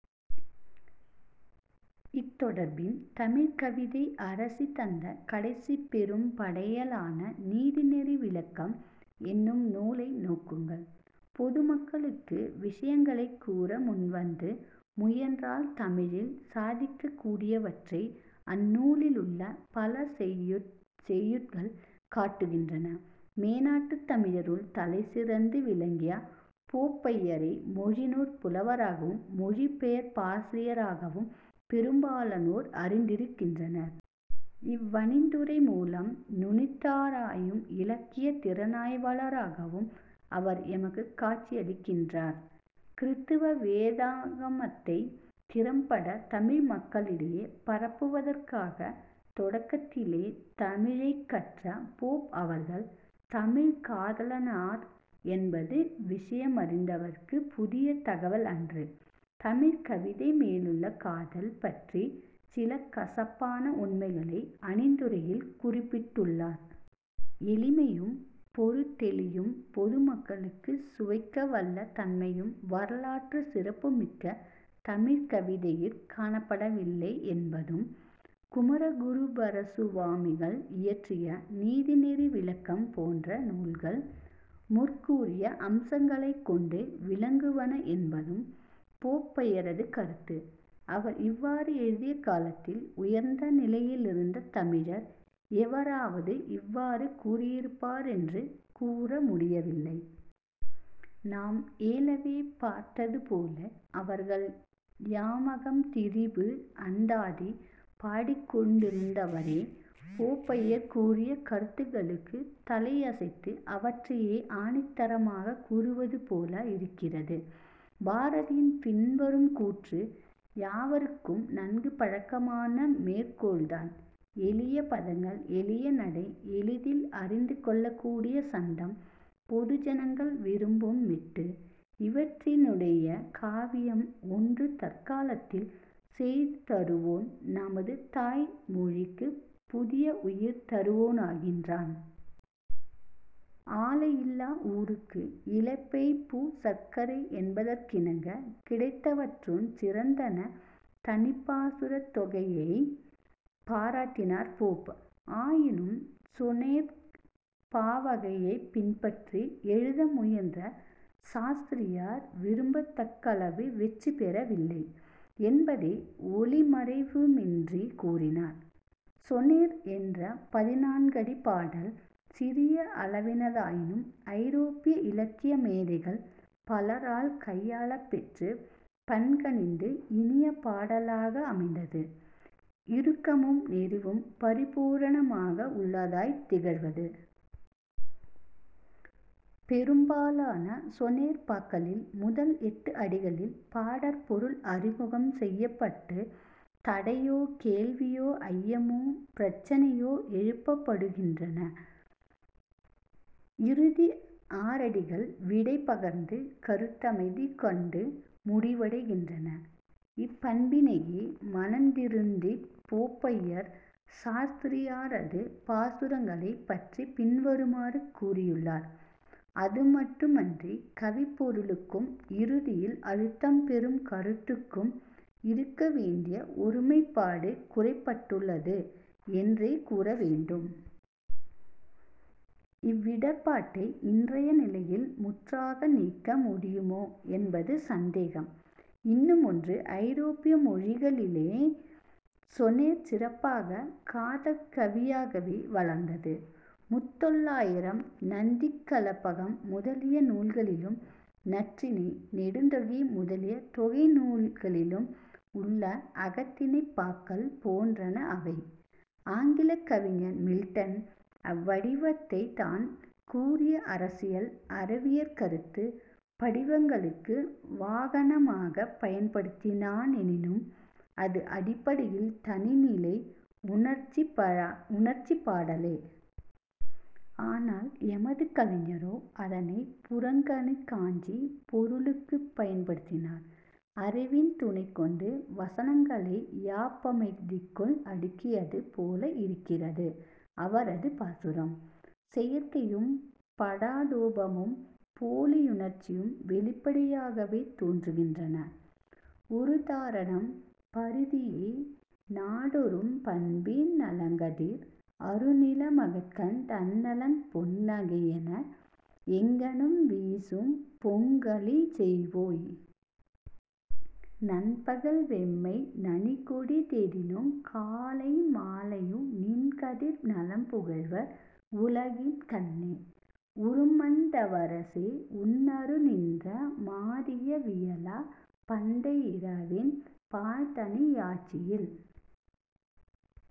இத்தொடர்பின் தமிழ்க் கவிதை அரசி தந்த கடைசிப் பெரும் படையலான நீதிநெறி விளக்கம் என்னும் நூலை நோக்குங்கள். பொதுமக்களுக்கு விஷயங்களைக் கூற முன்வந்து முயன்றால் தமிழில் சாதிக்கக்கூடியவற்றை அந்நூலிலுள்ள பல செய்யுட்கள் காட்டுகின்றன. " மேனாட்டுத் தமிழறிஞருள் தலைசிறந்து விளங்கிய போப்பையரை மொழிநூற் புலவராகவும் மொழி பெயர்ப்பாசிரியராகவுமே பெரும்பாலானோர் அறிந்திருக்கின்றனர். இவ்வணிந்துரை மூலம் நுனித்தாராயும் இலக்கியத் திறனாய்வாளராகவும் அவர் எமக்குக் காட்சியளிக்கின்றார். கிறித்துவ வேதாகமத்தைத் திறம்பட தமிழ் மக்களிடையே பரப்புவதற்காக தொடக்கத்திலே தமிழைக்கற்ற போப் அவர்கள் தமிழ் காதலரானார் என்பது விஷயமறிந்தவர்க்குப் புதிய தகவல் அன்று. தமிழ் கவிதை மேலுள்ள காதல் பற்றிச் சில "கசப்பான" உண்மைகளை அணிந்துரையில் குறிப்பிட்டுள்ளார். எளிமையும், பொருட்டௌிவும், பொது மக்களும் சுவைக்கவல்ல தன்மையும் வரலாற்றுச் சிறப்பு மிக்க தமிழ்க் கவிதையிற் காணப்படவில்லை என்பதும், குமரகுருபரசுவாமிகள் இயற்றிய நீதிநெறி விளக்கம் போன்ற நூல்கள் முற்கூறிய அம்சங்களைக் கொண்டு விளங்குவன என்பதும் போப்பையரது கருத்து. அவர் இவ்வாறு எழுதிய காலத்தில் உயர்ந்த நிலையிலிருந்த தமிழர் எவராவது இவ்வாறு கூறியிருப்பர் என்று கூற முடியவில்லை. நாம் ஏலவே பார்த்ததுபோல அவர்கள் 'யமகம் திரிபு அந்தாதி' பாடிக்கொண்டிருந்தவரே. போப்பையர் கூறிய கருத்துக்களுக்குத் தலையசைத்து அவற்றையே ஆணித்தரமாகக் கூறுவதுபோல இருக்கிறது பாரதியின் பின்வரும் கூற்று. யாவருக்கும் நன்கு பழக்கமான மேற்கோள்தான்: "எளிய பதங்கள், எளிய நடை, எளிதில் அறிந்து கொள்ளக்கூடிய சந்தம், பொது ஜனங்கள் விரும்பும் மெட்டு இவற்றினையுடைய காவியம் ஒன்று தற்காலத்தில் செய்து தருவோன் நமது தாய் மொழிக்குப் புதிய உயிர் தருவோனாகின்றான். " ஆலையில்லா ஊருக்கு இலுப்பைப்பூ சர்க்கரை என்பதற்கிணங்க, கிடைத்தவற்றுட் சிறந்ததான தனிப்பாசுரத் தொகையைப் பாராட்டினார் போப். ஆயினும் 'சொனெற்' பாவகையைப் பின்பற்றி எழுத முயன்ற சாஸ்திரியார் விரும்பத்தக்களவு வெற்றிபெற வில்லை என்பதை ஒளிமறைவுவின்றிக் கூறினார். 'சொனெற்' என்ற பதினான்கடிப் பாடல் சிறிய அளவினதாயினும், ஐரோப்பிய இலக்கிய மேதைகள் பலரால் கையாளப் பெற்றுப் பண்கனிந்து இனிய பாடலாக அமைந்தது; இறுக்கமும் நெறிவும் பரிபூரணமாக உள்ளதாய்த் திகழ்வது. பெரும் பாலான சொனெற் பாக்களள், முதல் எட்டு அடிகளில் பாடற் பொருள் அறிமுகம் செய்யப்பட்டுத் தடையோ, கேள்வியோ, ஐயமோ, பிரச்சினையோ எழுப்பப்படுகின்றன. இறுதி ஆறடிகள் விடை பகர்ந்து, கருத்தமைதி கண்டு முடிவடைகின்றன. இப்பண்பினையே மனந்திருத்திப் போப்பையர் சாஸ்திரியாரது பாசுரங்களைப் பற்றிப் பின்வருமாறு கூறியுள்ளார்: "... அதுமட்டு மன்றிக் கவிப்பொருளுக்கும் இறுதியில் அழுத்தம் பெறும் கருத்துக்கும் இருக்கவேண்டிய ஒருமைப்பாடு குறைபட்டுள்ளது என்றே கூறவேண்டும். இவ்விடர்ப்பாட்டை இன்றைய நிலையில் முற்றாக நீக்க முடியுமோ என்பது சந்தேகமே. " இன்னுமொன்று, ஐரோப்பிய மொழிகளிலே 'சொனெற்' சிறப்பாகக் காதற் கவியாகவே வளர்ந்தது. முத்தொள்ளாயிரம், நந்திக்கலம்பகம், முதலிய நூல்களிலும், நற்றிணை, நெடுந்தொகை முதலிய தொகை நூல்களிலும் உள்ள அகத்திணைப் பாக்கள் போன்றன அவை. ஆங்கிலக் கவிஞன் மில்டன் அவ்வடிவத்தைத் தான் கூறிய அரசியல், அறவியற் கருத்துப் படிவங்களுக்கு வாகனமாகப் பயன்படுத்தினா னெனினும், அது அடிப்படையில் தனிநிலை உணர்ச்சிப்பாடலே. ஆனால் எமது கலைஞரோ, அதனைப் புறத்திணைக் காஞ்சிப் பொருளுக்குப் பயன்படுத்தினார். அறிவின் துணைகொண்டு வசனங்களை யாப்பமைதிக்குள் அடுக்கியது போல இருக்கிறது அவரது பாசுரம். செயற்கையும் படாடோபமும் போலியுணர்ச்சியும் வௌிப்படையாகவே தோன்றுகின்றன. ஓருதாரணம்: "பரிதியே! நாடொறும் பண்பி னிளங்கதிர் அருநில மகட்கண் டண்ணல்புன் னகையென எங்கணும் வீசுபு பொங்குகளி சொய்வோய்! நண்பகல் வெம்மை நனிகொடி தெனினுங் காலை மாலையுநின் கதிர் நலம் புகழ்வர் உலகின் கண்ணே! உறுமண்ட வரசே! உன்னரு னின்றற மாதிய வியலா; பண்டையிரவின் பாழ்த்தனி யாட்சியில்